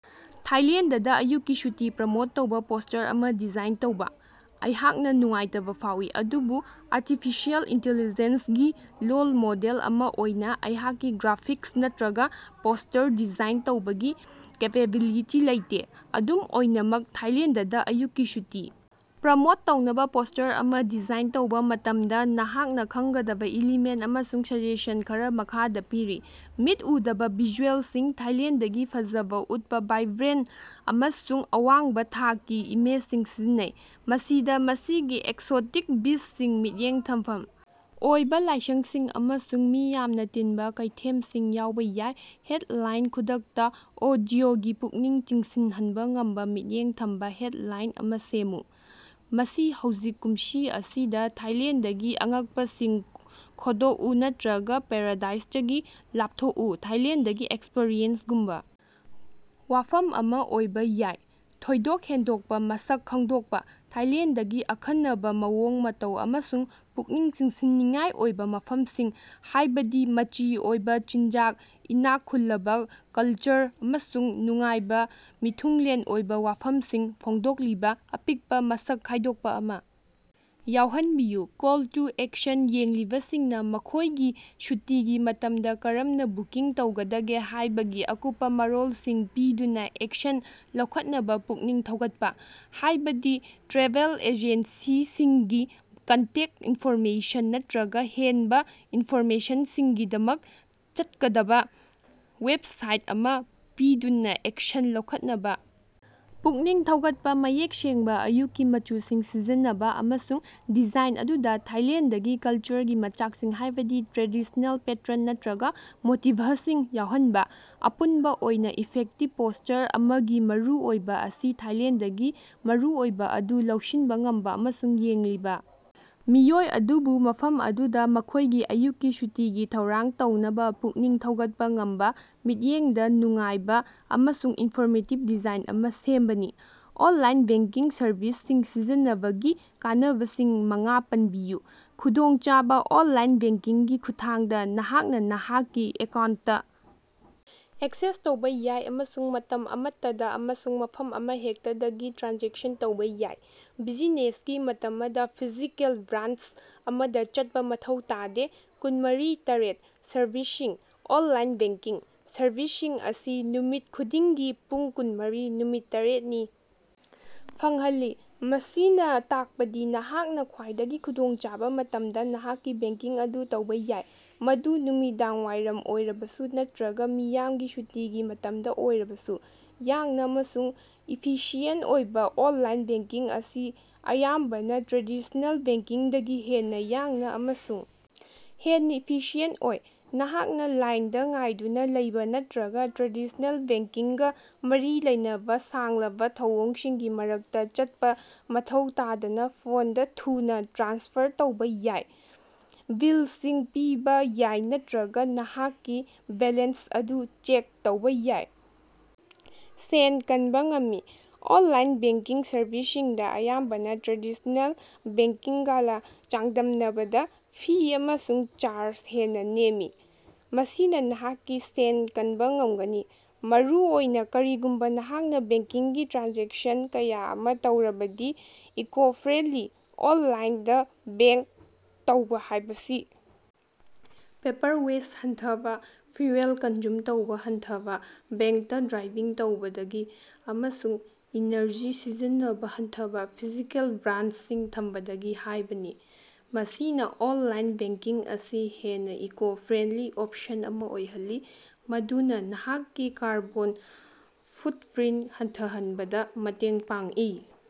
ꯊꯥꯏꯂꯦꯟꯗꯗ ꯑꯌꯨꯛꯀꯤ ꯁꯨꯇꯤ ꯄ꯭ꯔꯃꯣꯠ ꯇꯧꯕ ꯄꯣꯁ꯭ꯇꯔ ꯑꯃ ꯗꯤꯖꯥꯏꯟ ꯇꯧꯕ꯫ ꯑꯩꯍꯥꯛꯅ ꯅꯨꯡꯉꯥꯏꯇꯕ ꯐꯥꯎꯏ, ꯑꯗꯨꯕꯨ ꯑꯥꯔꯇꯤꯐꯤꯁꯤꯑꯦꯜ ꯏꯟꯇꯦꯂꯤꯖꯦꯟꯁ ꯒꯤ ꯂꯣꯜ ꯃꯣꯗꯦꯜ ꯑꯃ ꯑꯣꯏꯅ ꯑꯩꯍꯥꯛꯀꯤ ꯒ꯭ꯔꯥꯐꯤꯛꯁ ꯅꯠꯇꯔꯒ ꯄꯣꯁ꯭ꯇꯔ ꯗꯤꯖꯥꯏꯟ ꯇꯧꯕꯒꯤ ꯀꯦꯄꯦꯕꯤꯂꯤꯇꯤ ꯂꯩꯇꯦ꯫ ꯑꯗꯨꯝ ꯑꯣꯏꯅꯃꯛ, ꯊꯥꯏꯂꯦꯟꯗꯗ ꯑꯌꯨꯛꯀꯤ ꯁꯨꯇꯤ ꯄ꯭ꯔꯃꯣꯠ ꯇꯧꯅꯕ ꯄꯣꯁ꯭ꯇꯔ ꯑꯃ ꯗꯤꯖꯥꯏꯟ ꯇꯧꯕ ꯃꯇꯝꯗ ꯅꯍꯥꯛꯅ ꯈꯪꯒꯗꯕ ꯏꯂꯤꯃꯦꯟꯠ ꯑꯃꯁꯨꯡ ꯁꯖꯦꯁꯟ ꯈꯔ ꯃꯈꯥꯗ ꯄꯤꯔꯤ: ꯃꯤꯠ ꯎꯗꯕ ꯚꯤꯖꯨꯑꯦꯂꯁꯤꯡ: ꯊꯥꯏꯂꯦꯟꯗꯒꯤ ꯐꯖꯕ ꯎꯠꯄ ꯚꯥꯏꯕ꯭ꯔꯦꯟꯠ ꯑꯃꯁꯨꯡ ꯑꯋꯥꯡꯕ ꯊꯥꯛꯀꯤ ꯏꯃꯦꯖꯁꯤꯡ ꯁꯤꯖꯤꯟꯅꯧ꯫ ꯃꯁꯤꯗ ꯃꯁꯤꯒꯤ ꯑꯦꯛꯁꯣꯇꯤꯛ ꯕꯤꯆꯁꯤꯡ, ꯃꯤꯠꯌꯦꯡ ꯊꯝꯐꯝ ꯑꯣꯏꯕ ꯂꯥꯏꯁꯪꯁꯤꯡ ꯑꯃꯁꯨꯡ ꯃꯤ ꯌꯥꯝꯅ ꯇꯤꯟꯕ ꯀꯩꯊꯦꯝꯁꯤꯡ ꯌꯥꯎꯕ ꯌꯥꯏ꯫ ꯍꯦꯗꯂꯥꯏꯟ ꯈꯨꯗꯛꯇꯥ ꯑꯣꯗꯤꯑꯣꯒꯤ ꯄꯨꯛꯅꯤꯡ ꯆꯤꯡꯁꯤꯍꯟꯕ ꯉꯝꯕ ꯃꯤꯠꯌꯦꯡ ꯊꯝꯕ ꯍꯦꯗꯂꯥꯏꯟ ꯑꯃꯥ ꯁꯦꯝꯃꯨ꯫ ꯃꯁꯤ ꯍꯧꯖꯤꯛ ꯀꯨꯝꯁꯤ ꯑꯁꯤꯗ ꯊꯥꯏꯂꯦꯟꯗꯒꯤ ꯑꯉꯛꯄꯁꯤꯡ ꯈꯣꯗꯣꯛꯎ ꯅꯠꯇꯔꯒ ꯄꯥꯔꯥꯗꯥꯏꯁꯇꯒꯤ ꯂꯥꯞꯊꯣꯛꯎ ꯊꯥꯏꯂꯦꯟꯗꯒꯤ ꯑꯦꯛꯁꯄꯔꯤꯌꯦꯟꯁ ꯒꯨꯝꯕ ꯋꯥꯐꯝ ꯑꯃ ꯑꯣꯏꯕ ꯌꯥꯏ꯫ ꯊꯣꯏꯗꯣꯛ ꯍꯦꯟꯗꯣꯛꯄ ꯃꯁꯛ ꯈꯪꯗꯣꯛꯄ: ꯊꯥꯏꯂꯦꯟꯗꯒꯤ ꯑꯈꯟꯅꯕꯕꯃꯑꯣꯡ ꯃꯇꯧ ꯑꯃꯁꯨꯡ ꯄꯨꯛꯅꯤꯡ ꯆꯤꯡꯁꯤꯟꯅꯤꯡꯉꯥꯏ ꯑꯣꯏꯕ ꯃꯐꯝꯁꯤꯡ, ꯍꯥꯏꯕꯗꯤ ꯃꯆꯤ ꯑꯣꯏꯕ ꯆꯤꯟꯖꯥꯛ, ꯏꯅꯥꯛ ꯈꯨꯜꯂꯕ ꯀꯜꯆꯔ, ꯑꯃꯁꯨꯡ ꯅꯨꯡꯉꯥꯏꯕ ꯃꯤꯊꯨꯡꯂꯦꯟ ꯑꯣꯏꯕ ꯋꯥꯐꯝꯁꯤꯡ ꯐꯣꯡꯗꯣꯛꯂꯤꯕ ꯑꯄꯤꯛꯄ ꯃꯁꯛ ꯈꯪꯗꯣꯛꯄ ꯑꯃ ꯌꯥꯎꯍꯟꯕꯤꯌꯨ꯫ ꯀꯣꯜ ꯇꯨ ꯑꯦꯛꯁꯟ: ꯌꯦꯡꯂꯤꯕꯁꯤꯡꯅ ꯃꯈꯣꯏꯒꯤ ꯁꯨꯇꯤꯒꯤ ꯃꯇꯝ ꯀꯔꯝꯅ ꯕꯨꯀꯤꯡ ꯇꯧꯒꯗꯒꯦ ꯍꯥꯏꯕꯒꯤ ꯑꯀꯨꯞꯄ ꯃꯔꯣꯜꯁꯤꯡ ꯄꯤꯗꯨꯅ ꯑꯦꯛꯁꯟ ꯂꯧꯈꯠꯅꯕ ꯄꯨꯛꯅꯤꯡ ꯊꯧꯒꯠꯄ, ꯍꯥꯏꯕꯗꯤ ꯇ꯭ꯔꯦꯚꯦꯜ ꯑꯦꯖꯦꯟꯁꯤꯁꯤꯡꯒꯤ ꯀꯟꯇꯦꯛ ꯏꯟꯐꯣꯔꯃꯦꯁꯟ ꯅꯠꯇꯔꯒꯥ ꯍꯦꯟꯅ ꯏꯟꯐꯣꯔꯃꯦꯁꯟꯒꯤꯗꯃꯛꯇ ꯆꯠꯛꯗꯕ ꯋꯦꯕꯁꯥꯏꯠ ꯑꯃꯥ ꯄꯤꯗꯨꯅ ꯑꯦꯛꯁꯟ ꯂꯧꯈꯠꯅꯕ ꯄꯨꯛꯅꯤꯡ ꯊꯧꯒꯠꯄ꯫ ꯃꯌꯦꯛ ꯁꯦꯡꯕ, ꯑꯌꯨꯛꯀꯤ ꯃꯆꯨꯁꯤꯡ ꯁꯤꯖꯤꯟꯅꯕ ꯑꯃꯁꯨꯡ ꯗꯤꯖꯥꯏꯟ ꯑꯗꯨꯗ ꯊꯥꯏꯂꯦꯟꯗꯒꯤ ꯀꯜꯆꯔꯒꯤ ꯃꯆꯥꯛꯁꯤꯡ, ꯍꯥꯏꯕꯗꯤ ꯇ꯭ꯔꯦꯗꯤꯁ꯭ꯅꯦꯜ ꯄꯦꯇꯔꯟ ꯅꯠꯇꯔꯒ ꯃꯣꯇꯤꯐꯁꯤꯡ ꯌꯥꯎꯍꯟꯕ꯫ ꯑꯄꯨꯟꯕ ꯑꯣꯏꯅ, ꯏꯐꯦꯛꯇꯤꯕ ꯄꯣꯁ꯭ꯇꯔ ꯑꯃꯒꯤ ꯃꯔꯨꯑꯣꯏꯕ ꯑꯁꯤ ꯊꯥꯏꯂꯦꯟꯗꯒꯤ ꯃꯔꯨꯑꯣꯏꯕ ꯑꯗꯨ ꯂꯧꯁꯤꯟꯕ ꯉꯝꯕ ꯑꯃꯁꯨꯡ ꯌꯦꯡꯂꯤꯕ ꯃꯤꯑꯣꯏ ꯑꯗꯨꯕꯨ ꯃꯐꯝ ꯑꯗꯨꯗꯥ ꯃꯈꯣꯏꯒꯤ ꯑꯌꯨꯛꯀꯤ ꯁꯨꯇꯤꯒꯤ ꯊꯧꯔꯥꯡ ꯇꯧꯅꯕ ꯄꯨꯛꯅꯤꯡ ꯊꯧꯒꯠꯄ ꯉꯝꯕ ꯃꯤꯠꯌꯦꯡꯗ ꯅꯨꯡꯉꯥꯏꯕ ꯑꯃꯁꯨꯡ ꯏꯟꯐꯣꯔꯃꯦꯇꯤꯕ ꯗꯤꯖꯥꯏꯟ ꯑꯃ ꯁꯦꯝꯕꯅꯤ꯫ ꯑꯣꯟꯂꯥꯏꯟ ꯕꯦꯡꯀꯤꯡ ꯁꯔꯚꯤꯁꯁꯤꯡ ꯁꯤꯖꯤꯟꯅꯕꯒꯤ ꯀꯥꯟꯅꯕꯁꯤꯡ ꯃꯉꯥ ꯄꯟꯕꯤꯌꯨ꯫ ꯈꯨꯗꯣꯡꯆꯥꯕꯥ ꯑꯣꯟꯂꯥꯏꯟ ꯕꯦꯡꯀꯤꯡꯒꯤ ꯈꯨꯠꯊꯥꯡꯗ, ꯅꯍꯥꯛꯅ ꯅꯍꯥꯛꯀꯤ ꯑꯦꯀꯥꯎꯟꯠꯇ ꯑꯦꯛꯁꯦꯁ ꯇꯧꯕ ꯌꯥꯏ ꯑꯃꯁꯨꯡ ꯃꯇꯝ ꯑꯃꯠꯇꯗ ꯑꯃꯁꯨꯡ ꯃꯐꯝ ꯑꯃꯍꯦꯛꯇꯗꯒꯤ ꯇ꯭ꯔꯥꯟꯖꯦꯛꯁꯟ ꯇꯧꯕꯥ ꯌꯥꯏ, ꯕꯤꯖꯤꯅꯦꯁꯀꯤ ꯃꯇꯃꯗ ꯐꯤꯖꯤꯀꯦꯜ ꯕ꯭ꯔꯥꯟꯆ ꯑꯃꯗ ꯆꯠꯄ ꯃꯊꯧ ꯇꯥꯗꯦ꯫ ꯀꯨꯟꯃꯔꯤ/ꯇꯔꯦꯠ ꯁꯔꯚꯤꯁꯁꯤꯡ: ꯑꯣꯟꯂꯥꯏꯟ ꯕꯦꯡꯀꯤꯡ ꯁꯔꯚꯤꯁꯁꯤꯡ ꯑꯁꯤ ꯅꯨꯃꯤꯠ ꯈꯨꯗꯤꯡꯒꯤ ꯄꯨꯡ ꯀꯨꯟꯃꯔꯤ, ꯅꯨꯃꯤꯠ ꯇꯔꯦꯠ ꯅꯤ ꯐꯪꯍꯜꯂꯤ꯫ ꯃꯁꯤꯅꯥ ꯇꯥꯛꯄꯗꯤ ꯅꯍꯥꯛꯅ ꯈ꯭ꯋꯥꯏꯗꯒꯤ ꯈꯨꯗꯣꯡꯆꯥꯕ ꯃꯇꯝꯗ ꯅꯍꯥꯛꯀꯤ ꯕꯦꯡꯀꯤꯡ ꯑꯗꯨ ꯇꯧꯕ ꯌꯥꯏ, ꯃꯗꯨ ꯅꯨꯃꯤꯗꯥꯡꯋꯥꯏꯔꯝ ꯑꯣꯏꯔꯕꯁꯨ ꯅꯠꯇꯔꯒ ꯃꯤꯌꯥꯝꯒꯤ ꯁꯨꯇꯤꯒꯤ ꯃꯇꯝꯗ ꯑꯣꯏꯔꯕꯁꯨ꯫ ꯌꯥꯡꯅ ꯑꯃꯁꯨꯡ ꯏꯐꯤꯁꯤꯑꯦꯟꯠ ꯑꯣꯏꯕꯥ: ꯑꯣꯟꯂꯥꯏꯟ ꯕꯦꯡꯀꯤꯡ ꯑꯁꯤ ꯑꯌꯥꯝꯕꯅ ꯇ꯭ꯔꯦꯗꯤꯁꯅꯦꯜ ꯕꯦꯡꯀꯤꯡꯗꯒꯤ ꯍꯦꯟꯅ ꯌꯥꯡꯅ ꯑꯃꯁꯨꯡ ꯍꯦꯟꯅ ꯏꯐꯤꯁꯤꯑꯦꯟꯠ ꯑꯣꯏ꯫ ꯅꯍꯥꯛꯅ ꯂꯥꯏꯟꯗ ꯉꯥꯏꯗꯨꯅ ꯂꯩꯕ ꯅꯠꯇꯔꯒ ꯇ꯭ꯔꯦꯗꯤꯁꯅꯦꯜ ꯕꯦꯡꯀꯤꯡꯒ ꯃꯔꯤ ꯂꯩꯅꯕ ꯁꯥꯡꯂꯕ ꯊꯧꯑꯣꯡꯁꯤꯡꯒꯤ ꯃꯔꯛꯇ ꯆꯠꯄ ꯃꯊꯧ ꯇꯥꯗꯅ ꯐꯣꯟꯗ ꯊꯨꯅ ꯇ꯭ꯔꯥꯟꯁꯐꯔ ꯇꯧꯕꯥ ꯌꯥꯏ, ꯕꯤꯂꯁꯤꯡ ꯄꯤꯕ ꯌꯥꯏ ꯅꯠꯇꯔꯒ ꯅꯍꯥꯛꯀꯤ ꯕꯦꯂꯦꯟꯁ ꯑꯗꯨ ꯆꯦꯛ ꯇꯧꯕ ꯌꯥꯏ꯫ ꯁꯦꯟ ꯀꯟꯕ ꯉꯝꯃꯤ: ꯑꯣꯟꯂꯥꯏꯟ ꯕꯦꯡꯀꯤꯡ ꯁꯔꯚꯤꯁꯁꯤꯡꯗ ꯑꯌꯥꯝꯕꯅ ꯇ꯭ꯔꯦꯗꯤꯁꯅꯦꯜ ꯕꯦꯡꯀꯤꯡꯒꯥꯂ ꯆꯥꯡꯗꯝꯅꯕꯗ ꯐꯤ ꯑꯃꯁꯨꯡ ꯆꯥꯔꯖ ꯍꯦꯟꯅ ꯅꯦꯝꯃꯤ꯫ ꯃꯁꯤꯅ ꯅꯍꯥꯛꯀꯤ ꯁꯦꯟ ꯀꯟꯕ ꯉꯝꯒꯅꯤ, ꯃꯔꯨꯑꯣꯏꯅ ꯀꯔꯤꯒꯨꯝꯕ ꯅꯍꯥꯛꯅ ꯕꯦꯡꯀꯤꯡꯒꯤ ꯇ꯭ꯔꯥꯟꯖꯦꯛꯁꯟ ꯀꯌ ꯑꯃ ꯇꯧꯔꯕꯗꯤ꯫ ꯏꯀꯣ-ꯐ꯭ꯔꯦꯟꯗꯂꯤ: ꯑꯣꯟꯂꯥꯏꯟꯗꯥ ꯕꯦꯡꯛ ꯇꯧꯕ ꯍꯥꯏꯕꯁꯤ ꯄꯦꯄꯔ ꯋꯦꯁ꯭ꯠ ꯍꯟꯊꯕ, ꯐ꯭ꯌꯨꯑꯦꯜ ꯀꯟꯖꯨꯝ ꯇꯧꯕ ꯍꯟꯊꯕ (ꯕꯦꯡꯀꯇ ꯗ꯭ꯔꯥꯏꯚꯤꯡ ꯇꯧꯕꯗꯒꯤ), ꯑꯃꯁꯨꯡ ꯏꯅꯔꯖꯤ ꯁꯤꯖꯤꯟꯅꯕ ꯍꯟꯊꯕ (ꯐꯤꯖꯤꯀꯦꯜ ꯕ꯭ꯔꯥꯟꯆꯁꯤꯡ ꯊꯝꯕꯗꯒꯤ) ꯍꯥꯏꯕꯅꯤ꯫ ꯃꯁꯤꯅꯥ ꯑꯣꯟꯂꯥꯏꯟ ꯕꯦꯡꯀꯤꯡ ꯑꯁꯤ ꯍꯦꯟꯅ ꯏꯀꯣ-ꯐ꯭ꯔꯦꯟꯗꯂꯤ ꯑꯣꯞꯁꯟ ꯑꯃ ꯑꯣꯏꯍꯜꯂꯤ ꯃꯗꯨꯅ ꯅꯍꯥꯛꯀꯤ ꯀꯥꯔꯕꯣꯟ ꯐꯨꯠꯞꯔꯤꯟꯠ ꯍꯟꯊꯍꯟꯕꯗ ꯃꯇꯦꯡ ꯄꯥꯡꯏ꯫